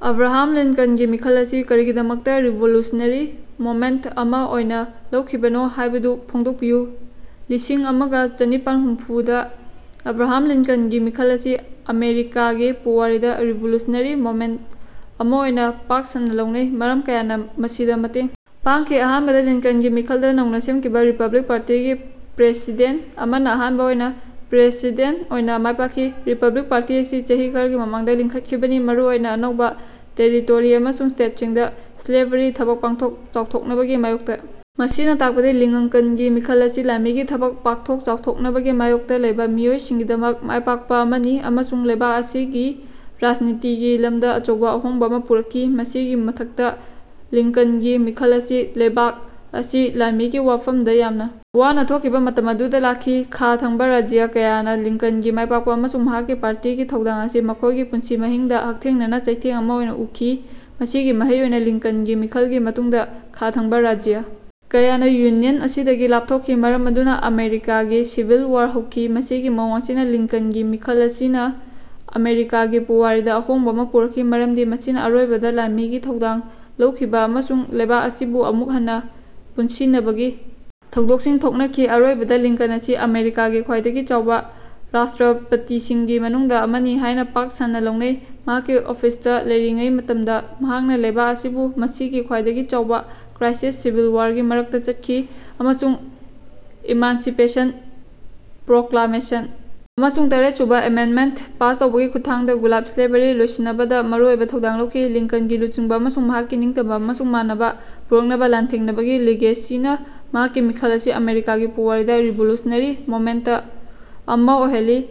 "Abraham ꯂꯤꯟꯀꯟꯒꯤ ꯃꯤꯈꯜ ꯑꯁꯤ ꯀꯔꯤꯒꯤꯗꯃꯛꯇ ꯔꯤꯚꯣꯂꯨꯁꯅꯔꯤ ꯃꯣꯃꯦꯟꯠ ꯑꯃ ꯑꯣꯏꯅ ꯂꯧꯈꯤꯕꯅꯣ ꯍꯥꯌꯕꯗꯨ ꯐꯣꯡꯗꯣꯛꯄꯤꯌꯨ꯫ ꯂꯤꯁꯤꯡ ꯑꯃꯒ ꯆꯅꯤꯄꯥꯟꯍꯨꯝꯐꯨ ꯗ ꯑꯕ꯭ꯔꯥꯍꯥꯝ ꯂꯤꯟꯀꯟꯒꯤ ꯃꯤꯈꯜ ꯑꯁꯤ ꯑꯃꯦꯔꯤꯀꯥꯒꯤ ꯄꯨꯋꯥꯔꯤꯗ ꯔꯤꯚꯣꯂꯨꯁꯅꯔꯤ ꯃꯣꯃꯦꯟꯠ ꯑꯃ ꯑꯣꯏꯅ ꯄꯥꯛ ꯁꯟꯅ ꯂꯧꯅꯩ꯫ ꯃꯔꯝ ꯀꯌꯥꯅ ꯃꯁꯤꯗ ꯃꯇꯦꯡ ꯄꯥꯡꯈꯤ: ꯑꯍꯥꯟꯕꯗ, ꯂꯤꯟꯀꯟꯒꯤ ꯃꯤꯈꯜꯗ ꯅꯧꯅ ꯁꯦꯝꯈꯤꯕ ꯔꯤꯄꯕ꯭ꯂꯤꯛ ꯄꯥꯔꯇꯤꯒꯤ ꯄ꯭ꯔꯦꯁꯤꯗꯦꯟꯠ ꯑꯃꯅ ꯑꯍꯥꯟꯕ ꯑꯣꯏꯅ ꯄ꯭ꯔꯦꯁꯤꯗꯦꯟꯠ ꯑꯣꯏꯅ ꯃꯥꯏꯄꯥꯛꯈꯤ꯫ ꯔꯤꯄꯕ꯭ꯂꯤꯛ ꯄꯥꯔꯇꯤ ꯑꯁꯤ ꯆꯍꯤ ꯈꯔꯒꯤ ꯃꯃꯥꯡꯗ ꯂꯤꯡꯈꯠꯈꯤꯕꯅꯤ, ꯃꯔꯨ ꯑꯣꯏꯅ ꯑꯅꯧꯕ ꯇꯦꯔꯤꯇꯣꯔꯤ ꯑꯃꯁꯨꯡ ꯁ꯭ꯇꯦꯠꯁꯤꯡꯗ ꯁ꯭ꯂꯦꯚꯔꯤ ꯊꯕꯛ ꯄꯥꯡꯊꯣꯛ ꯆꯥꯎꯊꯣꯛꯅꯕꯒꯤ ꯃꯥꯌꯣꯛꯇ꯫ ꯃꯁꯤꯅ ꯇꯥꯛꯄꯗꯤ ꯂꯤꯉꯡꯀꯟꯒꯤ ꯃꯤꯈꯜ ꯑꯁꯤ ꯂꯥꯟꯃꯤꯒꯤ ꯊꯕꯛ ꯄꯥꯛꯊꯣꯛ ꯆꯥꯎꯊꯣꯛꯅꯕꯒꯤ ꯃꯥꯌꯣꯛꯇ ꯂꯩꯕ ꯃꯤꯑꯣꯏꯁꯤꯡꯒꯤꯗꯃꯛ ꯃꯥꯏꯄꯥꯛꯄ ꯑꯃꯅꯤ ꯑꯃꯁꯨꯡ ꯂꯩꯕꯥꯛ ꯑꯁꯤꯒꯤ ꯔꯥꯖꯅꯤꯇꯤꯒꯤ ꯂꯃꯗ ꯑꯆꯧꯕ ꯑꯍꯣꯡꯕ ꯑꯃ ꯄꯨꯔꯛꯈꯤ꯫ ꯃꯁꯤꯒꯤ ꯃꯊꯛꯇ, ꯂꯤꯡꯀꯟꯒꯤ ꯃꯤꯈꯜ ꯑꯁꯤ ꯂꯩꯕꯥꯛ ꯑꯁꯤ ꯂꯥꯟꯃꯤꯒꯤ ꯋꯥꯐꯝꯗ ꯌꯥꯝꯅ ꯋꯥꯅ ꯊꯣꯛꯈꯤꯕ ꯃꯇꯝ ꯑꯗꯨꯗ ꯂꯥꯛꯈꯤ꯫ ꯈꯥ ꯊꯪꯕ ꯔꯥꯖ꯭ꯌ ꯀꯌꯥꯅꯥ ꯂꯤꯡꯀꯟꯒꯤ ꯃꯥꯏꯄꯥꯛꯄ ꯑꯃꯁꯨꯡ ꯃꯍꯥꯛꯀꯤ ꯄꯥꯔꯇꯤꯒꯤ ꯊꯧꯗꯥꯡ ꯑꯁꯤ ꯃꯈꯣꯏꯒꯤ ꯄꯨꯟꯁꯤ ꯃꯍꯤꯡꯗ ꯍꯛꯊꯦꯡꯅꯅ ꯆꯩꯊꯦꯡ ꯑꯃ ꯑꯣꯏꯅ ꯎꯈꯤ꯫ ꯃꯁꯤꯒꯤ ꯃꯍꯩ ꯑꯣꯏꯅ ꯂꯤꯡꯀꯟꯒꯤ ꯃꯤꯈꯜꯒꯤ ꯃꯇꯨꯡꯗ ꯈꯥ ꯊꯪꯕ ꯔꯥꯖ꯭ꯌ ꯀꯌꯥꯅ ꯌꯨꯅꯤꯌꯟ ꯑꯁꯤꯗꯒꯤ ꯂꯥꯞꯊꯣꯛꯈꯤ, ꯃꯔꯝ ꯑꯗꯨꯅ ꯑꯃꯦꯔꯤꯀꯥꯒꯤ ꯁꯤꯚꯤꯜ ꯋꯥꯔ ꯍꯧꯈꯤ꯫ ꯃꯁꯤꯒꯤ ꯃꯑꯣꯡ ꯑꯁꯤꯅ ꯂꯤꯡꯀꯟꯒꯤ ꯃꯤꯈꯜ ꯑꯁꯤꯅ ꯑꯃꯦꯔꯤꯀꯥꯒꯤ ꯄꯨꯋꯥꯔꯤꯗ ꯑꯍꯣꯡꯕ ꯑꯃ ꯄꯨꯔꯛꯈꯤ, ꯃꯔꯝꯗꯤ ꯃꯁꯤꯅ ꯑꯔꯣꯏꯕꯗ ꯂꯥꯟꯃꯤꯒꯤ ꯊꯧꯗꯥꯡ ꯂꯧꯈꯤꯕ ꯑꯃꯁꯨꯡ ꯂꯩꯕꯥꯛ ꯑꯁꯤꯕꯨ ꯑꯃꯨꯛ ꯍꯟꯅ ꯄꯨꯟꯁꯤꯅꯕꯒꯤ ꯊꯧꯗꯣꯛꯁꯤꯡ ꯊꯣꯛꯅꯈꯤ꯫ ꯑꯔꯣꯏꯕꯗ, ꯂꯤꯡꯀꯟ ꯑꯁꯤ ꯑꯃꯦꯔꯤꯀꯥꯒꯤ ꯈ꯭ꯋꯥꯏꯗꯒꯤ ꯆꯥꯎꯕ ꯔꯥꯁꯇ꯭ꯔꯄꯇꯤꯁꯤꯡꯒꯤ ꯃꯅꯨꯡꯗ ꯑꯃꯅꯤ ꯍꯥꯏꯅ ꯄꯥꯛ ꯁꯟꯅ ꯂꯧꯅꯩ꯫ ꯃꯍꯥꯛꯀꯤ ꯑꯣꯐꯤꯁꯇ ꯂꯩꯔꯤꯉꯩ ꯃꯇꯝꯗ ꯃꯍꯥꯛꯅ ꯂꯩꯕꯥꯛ ꯑꯁꯤꯕꯨ ꯃꯁꯤꯒꯤ ꯈ꯭ꯋꯥꯏꯗꯒꯤ ꯆꯥꯎꯕꯥ ꯀ꯭ꯔꯥꯏꯁꯤꯁ, ꯁꯤꯚꯤꯜ ꯋꯥꯔꯒꯤ ꯃꯔꯛꯇ ꯆꯠꯈꯤ ꯑꯃꯁꯨꯡ ꯏꯃꯥꯟꯁꯤꯄꯦꯁꯟ ꯄ꯭ꯔꯣꯀ꯭ꯂꯥꯃꯦꯁꯟ ꯑꯃꯁꯨꯡ ꯇꯔꯦꯠꯁꯨꯕ ꯑꯦꯃꯦꯟꯗꯃꯦꯟꯠ ꯄꯥꯁ ꯇꯧꯕꯒꯤ ꯈꯨꯠꯊꯥꯡꯗ ꯒꯨꯂꯥꯕ(ꯁ꯭ꯂꯦꯚꯔꯤ) ꯂꯣꯏꯁꯤꯅꯕꯗ ꯃꯔꯨꯑꯣꯏꯕ ꯊꯧꯗꯥꯡ ꯂꯧꯈꯤ꯫ ꯂꯤꯡꯀꯟꯒꯤ ꯂꯨꯆꯤꯡꯕ ꯑꯃꯁꯨꯡ ꯃꯍꯥꯛꯀꯤ ꯅꯤꯡꯇꯝꯕ ꯑꯃꯁꯨꯡ ꯃꯥꯟꯅꯕ ꯄꯨꯔꯛꯅꯕ ꯂꯥꯟꯊꯦꯡꯅꯕꯒꯤ ꯂꯤꯒꯦꯁꯤꯅ ꯃꯍꯥꯛꯀꯤ ꯃꯤꯈꯜ ꯑꯁꯤ ꯑꯃꯦꯔꯤꯀꯥꯒꯤ ꯄꯨꯋꯥꯔꯤꯗ ꯔꯤꯚꯣꯂꯨꯁꯅꯔꯤ ꯃꯣꯃꯦꯟꯇ ꯑꯃ ꯑꯣꯏꯍꯜꯂꯤ꯫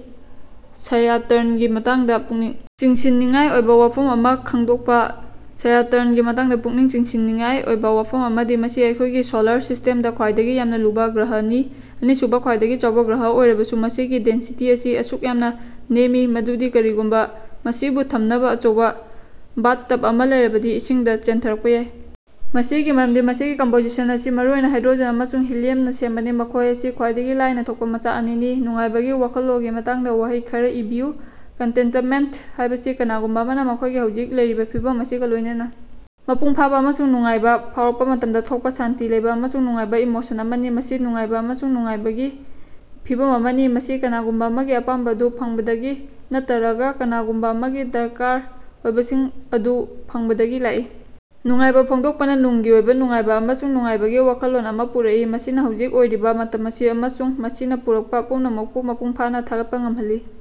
ꯁ꯭ꯌꯥꯇ꯭ꯔꯟꯒꯤ ꯃꯇꯥꯡꯗ ꯄꯨꯛꯅꯤꯡ ꯆꯤꯡꯁꯤꯟꯅꯤꯡꯉꯥꯏ ꯑꯣꯏꯕ ꯋꯥꯐꯝ ꯑꯃ ꯈꯉꯗꯣꯛꯄ꯫ ꯁ꯭ꯌꯥꯇ꯭ꯔꯟꯒꯤ ꯃꯇꯥꯡꯗ ꯄꯨꯛꯅꯤꯡ ꯆꯤꯡꯁꯤꯟꯅꯤꯡꯉꯥꯏ ꯑꯣꯏꯕ ꯋꯥꯐꯝ ꯑꯃꯗꯤ ꯃꯁꯤ ꯑꯩꯈꯣꯏꯒꯤ ꯁꯣꯂꯥꯔ ꯁꯤꯁ꯭ꯇꯦꯝꯗ ꯈ꯭ꯋꯥꯏꯗꯒꯤ ꯌꯥꯝꯅ ꯂꯨꯕ ꯒ꯭ꯔꯍꯅꯤ꯫ ꯑꯅꯤꯁꯨꯕ ꯈ꯭ꯋꯥꯏꯗꯒꯤ ꯆꯥꯎꯕ ꯒ꯭ꯔꯍ ꯑꯣꯏꯔꯕꯁꯨ, ꯃꯁꯤꯒꯤ ꯗꯦꯟꯁꯤꯇꯤ ꯑꯁꯤ ꯑꯁꯨꯛ ꯌꯥꯝꯅ ꯅꯦꯝꯃꯤ ꯃꯗꯨꯗꯤ ꯀꯔꯤꯒꯨꯝꯕ ꯃꯁꯤꯕꯨ ꯊꯝꯅꯕ ꯑꯆꯧꯕ ꯕꯥꯊꯇꯕ ꯑꯃ ꯂꯩꯔꯕꯗꯤ ꯏꯁꯤꯡꯗ ꯆꯦꯟꯊꯔꯛꯄ ꯌꯥꯏ! ꯃꯁꯤꯒꯤ ꯃꯔꯝꯗꯤ ꯃꯁꯤꯒꯤ ꯀꯝꯄꯣꯖꯤꯁꯟ ꯑꯁꯤ ꯃꯔꯨꯑꯣꯏꯅ ꯍꯥꯏꯗ꯭ꯔꯣꯖꯦꯟ ꯑꯃꯁꯨꯡ ꯍꯤꯂꯤꯌꯝꯅ ꯁꯦꯝꯕꯅꯤ, ꯃꯈꯣꯏ ꯑꯁꯤ ꯈ꯭ꯋꯥꯏꯗꯒꯤ ꯂꯥꯏꯅ ꯊꯣꯛꯄ ꯃꯆꯥꯛ ꯑꯅꯤꯅꯤ꯫ ꯅꯨꯡꯉꯥꯏꯕꯒꯤ ꯋꯥꯈꯜꯂꯣꯒꯤ ꯃꯇꯥꯡꯗ ꯋꯥꯍꯩ ꯈꯔ ꯏꯕꯤꯌꯨ꯫ ꯀꯟꯇꯦꯟꯇꯃꯦꯟꯠ ꯍꯥꯏꯕꯁꯤ ꯀꯅꯥꯒꯨꯝꯕ ꯑꯃꯅ ꯃꯈꯣꯏꯒꯤ ꯍꯧꯖꯤꯛ ꯂꯩꯔꯤꯕ ꯐꯤꯚꯝ ꯑꯁꯤꯒ ꯂꯣꯏꯅꯅ ꯃꯄꯨꯡ ꯐꯥꯕꯥ ꯑꯃꯁꯨꯡ ꯅꯨꯡꯉꯥꯏꯕ ꯐꯥꯎꯔꯛꯄ ꯃꯇꯝꯗ ꯊꯣꯛꯄ ꯁꯥꯟꯇꯤ ꯂꯩꯕ ꯑꯃꯁꯨꯡ ꯅꯨꯡꯉꯥꯏꯕ ꯏꯃꯣꯁꯟ ꯑꯃꯅꯤ꯫ ꯃꯁꯤ ꯅꯨꯡꯉꯥꯏꯕ ꯑꯃꯁꯨꯡ ꯅꯨꯡꯉꯥꯏꯕꯒꯤ ꯐꯤꯚꯝ ꯑꯃꯅꯤ, ꯃꯁꯤ ꯀꯅꯥꯒꯨꯝꯕ ꯑꯃꯒꯤ ꯑꯄꯥꯝꯕ ꯑꯗꯨ ꯐꯪꯕꯗꯒꯤ ꯅꯠꯇꯔꯒ ꯀꯅꯥꯒꯨꯝꯕ ꯑꯃꯒꯤ ꯗꯔꯀꯥꯔ ꯑꯣꯏꯕꯁꯤꯡ ꯑꯗꯨ ꯐꯪꯕꯗꯒꯤ ꯂꯥꯛꯏ꯫ ꯅꯨꯡꯉꯥꯏꯕ ꯐꯣꯡꯗꯣꯛꯄꯅ ꯅꯨꯡꯒꯤ ꯑꯣꯏꯕ ꯅꯨꯡꯉꯥꯏꯕ ꯑꯃꯁꯨꯡ ꯅꯨꯡꯉꯥꯏꯕꯒꯤ ꯋꯥꯈꯜꯂꯣꯟ ꯑꯃ ꯄꯨꯔꯛꯏ, ꯃꯁꯤꯅ ꯍꯧꯖꯤꯛ ꯑꯣꯏꯔꯤꯕ ꯃꯇꯝ ꯑꯁꯤ ꯑꯃꯁꯨꯡ ꯃꯁꯤꯅ ꯄꯨꯔꯛꯄ ꯄꯨꯝꯅꯃꯛꯄꯨ ꯃꯄꯨꯡ ꯐꯥꯅ ꯊꯥꯒꯠꯄ ꯉꯝꯍꯜꯂꯤ꯫